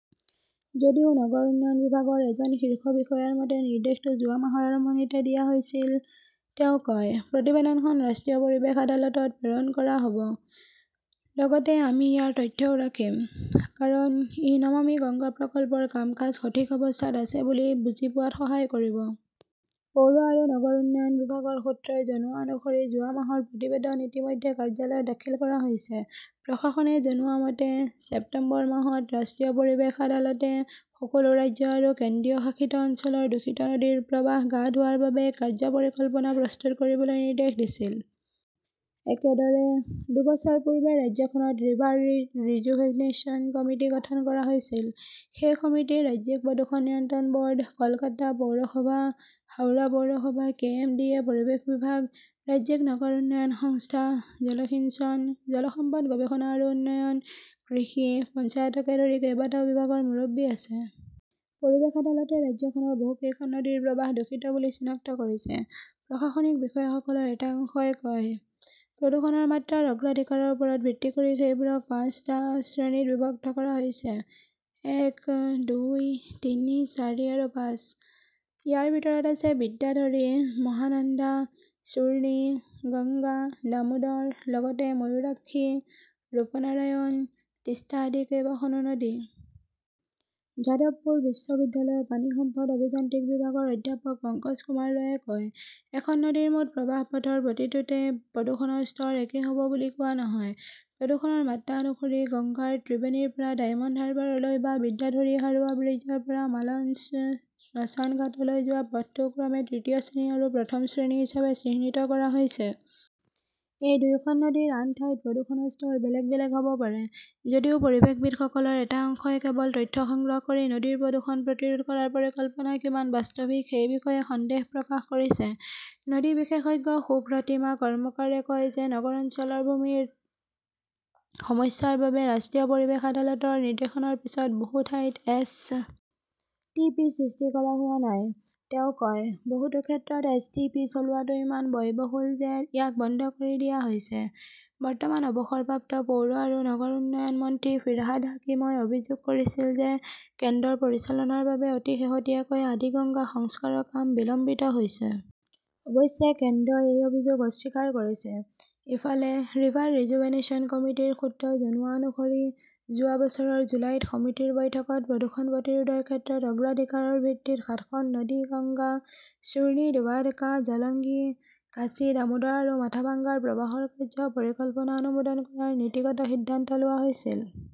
যদিও নগৰ উন্নয়ন বিভাগৰ এজন শীৰ্ষ বিষয়াৰ মতে, নিৰ্দেশটো যোৱা মাহৰ আৰম্ভণিতে দিয়া হৈছিল। তেওঁ কয়, প্ৰতিবেদনখন ৰাষ্ট্ৰীয় পৰিৱেশ আদালতত প্ৰেৰণ কৰা হ'ব। লগতে আমি ইয়াৰ তথ্যও ৰাখিম। কাৰণ, ই নমামি গংগা প্ৰকল্পৰ কাম-কাজ সঠিক অৱস্থাত আছে বুলি বুজি পোৱাত সহায় কৰিব। পৌৰ আৰু নগৰ উন্নয়ন বিভাগৰ সূত্ৰই জনোৱা অনুসৰি যোৱা মাহৰ প্ৰতিবেদন ইতিমধ্যে কাৰ্যালয়ত দাখিল কৰা হৈছে। প্ৰশাসনে জনোৱা মতে, ছেপ্টেম্বৰ মাহত ৰাষ্ট্ৰীয় পৰিৱেশ আদালতে সকলো ৰাজ্য আৰু কেন্দ্ৰীয় শাসিত অঞ্চলৰ দূষিত নদীৰ প্ৰৱাহ গা ধোৱাৰ বাবে এক কাৰ্য্য পৰিকল্পনা প্ৰস্তুত কৰিবলৈ নিৰ্দেশ দিছিল। একেদৰে, দুবছৰ পূৰ্বে ৰাজ্যখনত ৰিভাৰ ৰিজুভেনেশ্যন কমিটি গঠন কৰা হৈছিল। সেই সমিতিত ৰাজ্যিক প্ৰদূষণ নিয়ন্ত্ৰণ ব'ৰ্ড, কলকাতা পৌৰসভা, হাওৰা পৌৰসভা, কে. এম. ডি. এ., পৰিৱেশ বিভাগ, ৰাজ্যিক নগৰ উন্নয়ন সংস্থা, জলসিঞ্চন, জল সম্পদ গৱেষণা আৰু উন্নয়ন, কৃষি, পঞ্চায়তকে ধৰি কেইবাটাও বিভাগৰ মুৰব্বী আছে। পৰিৱেশ আদালতে ৰাজ্যখনৰ বহুকেইখন নদীৰ প্ৰৱাহ দূষিত বুলি চিনাক্ত কৰিছে, প্ৰশাসনিক বিষয়াসকলৰ এটা অংশই কয়। প্ৰদূষণৰ মাত্ৰাৰ অগ্ৰাধিকাৰৰ ওপৰত ভিত্তি কৰি সেইবোৰক পাঁচটা শ্ৰেণীত বিভক্ত কৰা হৈছে-এক, দুই, তিনি, চাৰি আৰু পাঁচ। ইয়াৰ ভিতৰত আছে বিদ্যাধৰী, মহানন্দা, চুৰ্ণী, গংগা, দামোদৰ, লগতে ময়ূৰাক্ষী, ৰূপনাৰায়ণ, তিষ্টা আদি কেইবাখনো নদী। যাদৱপুৰ বিশ্ববিদ্যালয়ৰ পানী সম্পদ অভিযান্ত্ৰিক বিভাগৰ অধ্যাপক পঙ্কজকুমাৰ ৰয়ে কয়, এখন নদীৰ মুঠ প্ৰবাহ পথৰ প্ৰতিটোতে প্ৰদূষণৰ স্তৰ একে হ'ব বুলি কোৱা নহয়। প্ৰদূষণৰ মাত্ৰা অনুসৰি গংগাৰ ত্ৰিবেণীৰ পৰা ডায়মণ্ড হাৰ্বাৰলৈ বা বিদ্যাধৰীৰ হাৰোৱা ব্ৰীজৰ পৰা মালঞ্চ শ্মশান ঘাটলৈ যোৱা পথটো ক্ৰমে তৃতীয় শ্ৰেণী আৰু প্ৰথম শ্ৰেণী হিচাপে চিহ্নিত কৰা হৈছে। এই দুয়োখন নদীৰ আন ঠাইত প্ৰদূষণৰ স্তৰ বেলেগ বেলেগ হ'ব পাৰে। যদিও পৰিৱেশবিদসকলৰ এটা অংশই কেৱল তথ্য সংগ্ৰহ কৰি নদীৰ প্ৰদূষণ প্ৰতিৰোধ কৰাৰ পৰিকল্পনা কিমান বাস্তৱিক সেই বিষয়ে সন্দেহ প্ৰকাশ কৰিছে। নদী বিশেষজ্ঞ সুপ্ৰতীমা কৰ্মকাৰে কয় যে নগৰ অঞ্চলত ভূমিৰ সমস্যাৰ বাবে ৰাষ্ট্ৰীয় পৰিৱেশ আদালতৰ নিৰ্দেশৰ পিছতো বহু ঠাইত এছ. টি. পি. সৃষ্টি কৰা হোৱা নাই। তেওঁ কয়, বহুতো ক্ষেত্ৰত এছ. টি. পি. চলোৱাটো ইমান ব্যয়বহুল যে ইয়াক বন্ধ কৰি দিয়া হৈছে। বৰ্তমান অৱসৰপ্ৰাপ্ত পৌৰ আৰু নগৰ উন্নয়ন মন্ত্ৰী ফিৰহাদ হাকিমই অভিযোগ কৰিছিল যে কেন্দ্ৰৰ পৰিচালনাৰ বাবে অতি শেহতীয়াকৈ আদিগঙ্গা সংস্কাৰৰ কাম বিলম্বিত হৈছে। অৱশ্যে কেন্দ্ৰই এই অভিযোগ অস্বীকাৰ কৰিছে। ইফালে, ৰিভাৰ ৰিজুভেনেশ্যন কমিটিৰ সূত্ৰই জনোৱা অনুসৰি, যোৱা বছৰৰ জুলাইত সমিতিৰ বৈঠকত প্ৰদূষণ প্ৰতিৰোধৰ ক্ষেত্ৰত অগ্ৰাধিকাৰৰ ভিত্তিত সাতখন নদী-গংগা, চুৰ্নী, দুৱাৰকা, জলংগী, কাঁচি, দামোদৰ আৰু মাথাভাঙ্গাৰ প্ৰবাহৰ কাৰ্য্য পৰিকল্পনা অনুমোদন কৰাৰ নীতিগত সিদ্ধান্ত লোৱা হৈছিল।